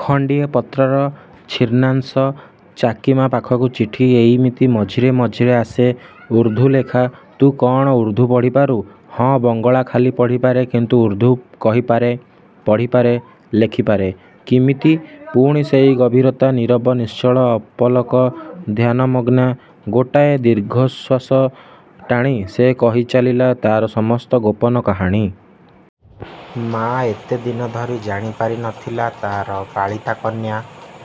ଖଣ୍ଡିଏ ପତ୍ରର ଛିନ୍ନାଂଶ। ଚାକୀମା ପାଖକୁ ଚିଠି। ଏଇମିତି ମଝିରେ ମଝିରେ ଆସେ। ଉର୍ଦ୍ଦୁଲେଖା। –ତୁ କ'ଣ ଉର୍ଦ୍ଦୁ ପଢ଼ିପାରୁ? –ହଁ, ବଙ୍ଗଳା ଖାଲି କହିପାରେ; କିନ୍ତୁ ଉର୍ଦ୍ଦୁ କହିପାରେ, ପଢ଼ିପାରେ, ଲେଖିପାରେ। –କିମିତି! ପୁଣି ସେଇ ଗମ୍ଭୀରତା। ନୀରବ, ନିଶ୍ଚଳ, ଅପଲକ, ଧ୍ୟାନମଗ୍ନା। ଗୋଟାଏ ଦୀର୍ଘଶ୍ୱାସ ଟାଣି ସେ କହିଚାଲିଲା ତାର ସମସ୍ତ ଗୋପନ କାହାଣୀ। ମା' ଏତେଦିନ ଧରି ଜାଣିପାରି ନ ଥିଲା ତାର ପାଳିତା କନ୍ୟା।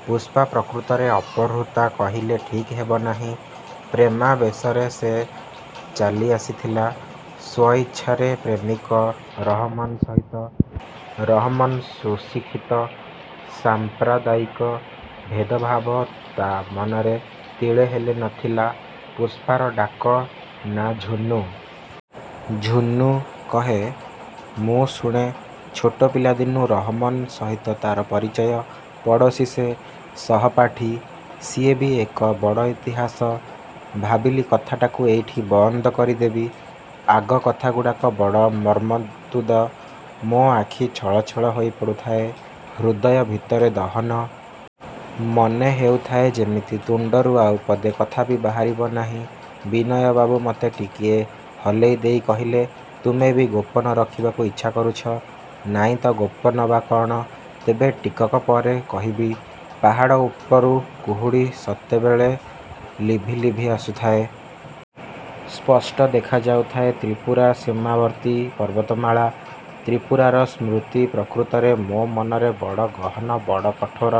ପୁଷ୍ପା ପ୍ରକୃତରେ ଅପହୃତା କହିଲେ ଠିକ୍ ହେବନାହିଁ, ପ୍ରେମାବେଶରେ ସେ ଚାଲିଆସିଥିଲା ସ୍ୱଇଚ୍ଛାରେ ପ୍ରେମିକ ରହମନ୍ ସହିତ। ରହମନ୍ ସୁଶିକ୍ଷିତ। ସାମ୍ପ୍ରଦାୟିକ ଭେଦଭାବ ତା ମନରେ ତିଳେହେଲେ ନ ଥିଲା-। ପୁଷ୍ପାର ଡାକ ନାଁ ଝୁନୁ! ଝୁନୁ କହେ, ମୁଁ ଶୁଣେ–ଛୋଟ ପିଲାଦିନୁ ରହମନ୍ ସହିତ ତାର ପରିଚୟ। ପଡ଼ୋଶୀ ସେ। ସହପାଠୀ। ସିଏ ବି ଏକ ବଡ଼ ଇତିହାସ। ଭାବିଲି କଥାଟାକୁ ଏଇଠି ବନ୍ଦ କରିଦେବି। ଆଗ କଥାଗୁଡ଼ାକ ବଡ଼ ମର୍ମନ୍ତୁଦ। ମୋ ଆଖି ଛଳ ଛଳ ହୋଇପଡ଼ୁଥାଏ। ହୃଦୟ ଭିତରେ ଦହନ। ମନେ ହେଉଥାଏ ଯେମିତି ତୁଣ୍ଡରୁ ଆଉ ପଦେ କଥା ବି ବାହାରିବ ନାହିଁ। ବିନୟବାବୁ ମତେ ଟିକିଏ ହଲେଇ ଦେଇ କହିଲେ–''ତୁମେ ବି ଗୋପନ ରଖିବାକୁ ଇଚ୍ଛା କରୁଛ? '' –ନାଇଁ ତ, ଗୋପନ ବା କ'ଣ? ତେବେ ଟିକକ ପରେ କହିବି। ପାହାଡ଼ ଉପରୁ କୁହୁଡ଼ି ସେତେବେଳେ ଲିଭି ଲିଭି ଆସୁଥାଏ। ସ୍ପଷ୍ଟ ଦେଖାଯାଉଥାଏ ତ୍ରିପୁରା ସୀମାବର୍ତ୍ତୀ ପର୍ବତମାଳା। ତ୍ରି ପୁରାର ସ୍ମୃତି ପ୍ରକୃତରେ ମୋ ମନରେ ବଡ଼ ଗହନ, ବଡ଼ କଠୋର।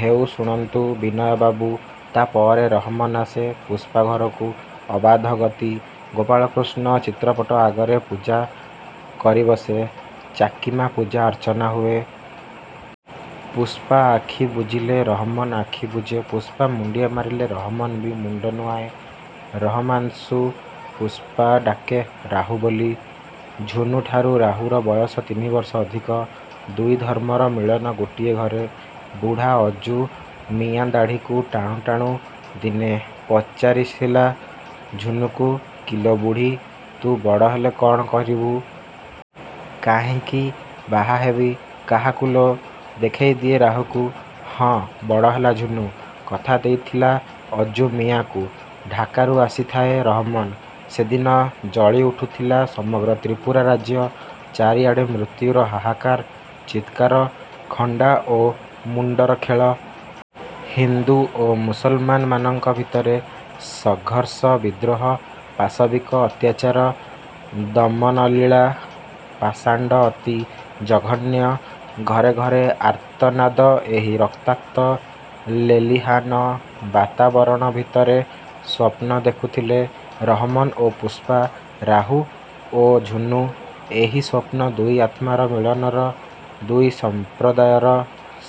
–ହେଉ ଶୁଣନ୍ତୁ ବିନୟବାବୁ। ତାପରେ... ରହମନ ଆସେ ପୁଷ୍ପା ଘରକୁ। ଅବାଧ ଗତି-। ଗୋପାଳକୃଷ୍ଣ ଚିତ୍ରପଟ ଆଗରେ ପୂଜା କରିବସେ ଚାକୀମା। ପୂଜା ଅର୍ଚ୍ଚନା ହୁଏ। ପୁଷ୍ପା ଆଖି ବୁଜିଲେ ରହମନ୍ ଆଖି ବୁଜେ। ପୁଷ୍ପା ମୁଣ୍ଡିଆ ମାରିଲେ ରହମନ୍ ବି ମୁଣ୍ଡ ନୁଆଏଁ। ରହମାନ୍କୁ ପୁଷ୍ପା ଡାକେ ରାହୁ ବୋଲି। ଝୁନୁଠାରୁ ରାହୁର ବୟସ ତିନି ବର୍ଷ ଅଧିକ। ଦୁଇ ଧର୍ମର ମିଳନ ଗୋଟିଏ ଘରେ। ବୁଢ଼ା ଅଜୁ ମିଆଁ ଦାଢ଼ିକୁ ଟାଣୁ ଟାଣୁ ଦିନେ ପଚାରିଥିଲା ଝୁନୁକୁ–କି ଲୋ ବୁଢ଼ୀ, ତୁ ବଡ଼ ହେଲେ କ'ଣ କରିବୁ? –କାହିଁକି? ବାହା ହେବି। –କାହାକୁ ଲୋ? ଦେଖେଇ ଦିଏ ରାହୁକୁ। ହଁ, ବଡ଼ ହେଲା ଝୁନୁ। କଥା ଦେଇଥିଲା ଅଜୁ ମିଆଁକୁ। ଢାକାରୁ ଆସିଥାଏ ରହମନ୍। ସେଦିନ ଜଳି ଉଠୁଥିଲା ସମଗ୍ର ତ୍ରିପୁରା ରାଜ୍ୟ। ଚାରିଆଡ଼େ ମୃତ୍ୟୁର ହାହାକାର, ଚିତ୍କାର। ଖଣ୍ଡା ଓ ମୁଣ୍ଡର ଖେଳ। ହିନ୍ଦୁ ଓ ମୁସଲମାନଙ୍କ ଭିତରେ ସଘର୍ଷ, ବିଦ୍ରୋହ। ପାଶବିକ ଅତ୍ୟାଚାର ଦମନଲୀଳା। ପାଷାଣ୍ଡ, ଅତି ଜଘନ୍ୟ। ଘରେ ଘରେ ଆର୍ତ୍ତନାଦ। ଏହି ରକ୍ତାକ୍ତ ଲେଲିହାନ ବାତାବରଣ ଭିତରେ ସ୍ୱପ୍ନ ଦେଖୁଥିଲେ ରହମନ ଓ ପୁଷ୍ପା–ରାହୁ ଓ ଝୁନୁ। ଏହି ସ୍ୱପ୍ନ ଦୁଇ ଆତ୍ମାର ମିଳନର, ଦୁଇ ସମ୍ପ୍ରଦାୟର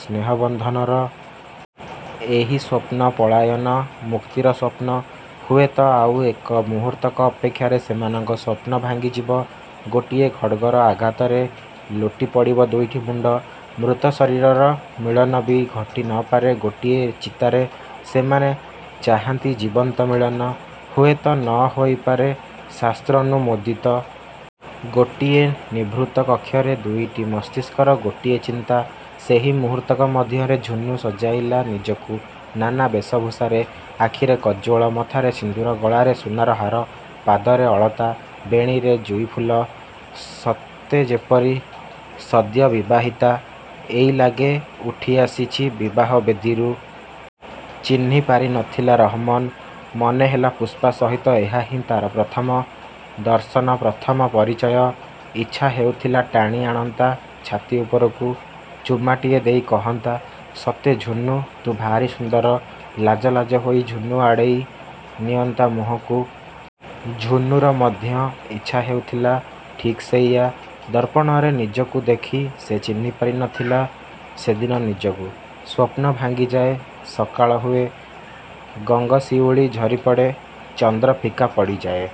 ସ୍ନେହବନ୍ଧନର। ଏହି ସ୍ୱପ୍ନ ପଳାୟନ, ମୁକ୍ତିର ସ୍ୱପ୍ନ। ହୁଏତ ଆଉ ଏକ ମୁହୂର୍ତ୍ତକ ଅପେକ୍ଷାରେ ସେମାନଙ୍କ ସ୍ୱପ୍ନ ଭାଙ୍ଗିଯିବ। ଗୋଟିଏ ଖଡ଼୍ଗର ଆଘାତରେ ଲୋଟିପଡ଼ିବ ଦୁଇଟି ମୁଣ୍ଡ। ମୃତ ଶରୀର ମିଳନ ବି ଘଟି ନ ପାରେ ଗୋଟିଏ ଚିତାରେ-। ସେମାନେ ଚାହାନ୍ତି ଜୀବନ୍ତମିଳନ। ହୁଏତ ନ ହୋଇପାରେ ଶାସ୍ତ୍ରନୁମୋଦିତ। ଗୋଟିଏ ନିଭୃତ କକ୍ଷରେ ଦୁଇଟି ମସ୍ତିଷ୍କର ଗୋଟିଏ ଚିନ୍ତା। ସେହି ମୁହୂର୍ତ୍ତକ ମଧ୍ୟରେ ଝୁନୁ ସଜାଇଲା ନିଜକୁ ନାନା ବେଶଭୂଷାରେ। ଆଖିରେ କଜ୍ଜଳ, ମଥାରେ ସିନ୍ଦୂର, ଗଳାରେ ସୁନାର ହାର, ପାଦରେ ଅଳତା, ବେଣୀରେ ଯୁଈ ଫୁଲ। ସତେ ଯେପରି ସଦ୍ୟ ବିବାହିତା। ଏଇଲାଗେ ଉଠିଆସିଛି ବିବାହ-ବେଦୀରୁ। ଚିହ୍ନି ପାରି ନ ଥିଲା ରହମନ୍। ମନେହେଲା ପୁଷ୍ପା ସହିତ ଏହା ହିଁ ତାର ପ୍ରଥମ। ଦର୍ଶନ, ପ୍ରଥମ ପରିଚୟ। ଇଚ୍ଛା ହେଉଥିଲା ଟାଣିଆଣନ୍ତା ଛାତି ଉପରକୁ। ଚୁମାଟିଏ ଦେଇ କହନ୍ତା–ସତେ ଝୁନୁ ତୁ ଭାରି ସୁନ୍ଦର। ଲାଜ ଲାଜ ହୋଇ ଝୁନୁ ଆଡ଼େଇ ନିଅନ୍ତା ମୁହଁକୁ। ଝୁନୁର ମଧ୍ୟ ଇଚ୍ଛା ହେଉଥିଲା ଠିକ୍ ସେଇଆ। ଦର୍ପଣରେ ନିଜକୁ ଦେଖି ସେ ଚିହ୍ନିପାରି ନ ଥିଲା ସେଦିନ ନିଜକୁ। ସ୍ୱପ୍ନ ଭାଙ୍ଗି ଯାଏ, ସକାଳ ହୁଏ। ଗଙ୍ଗଶିଉଳୀ ଝରି ପଡ଼େ, ଚନ୍ଦ୍ର ଫିକା ପଡ଼ିଯାଏ।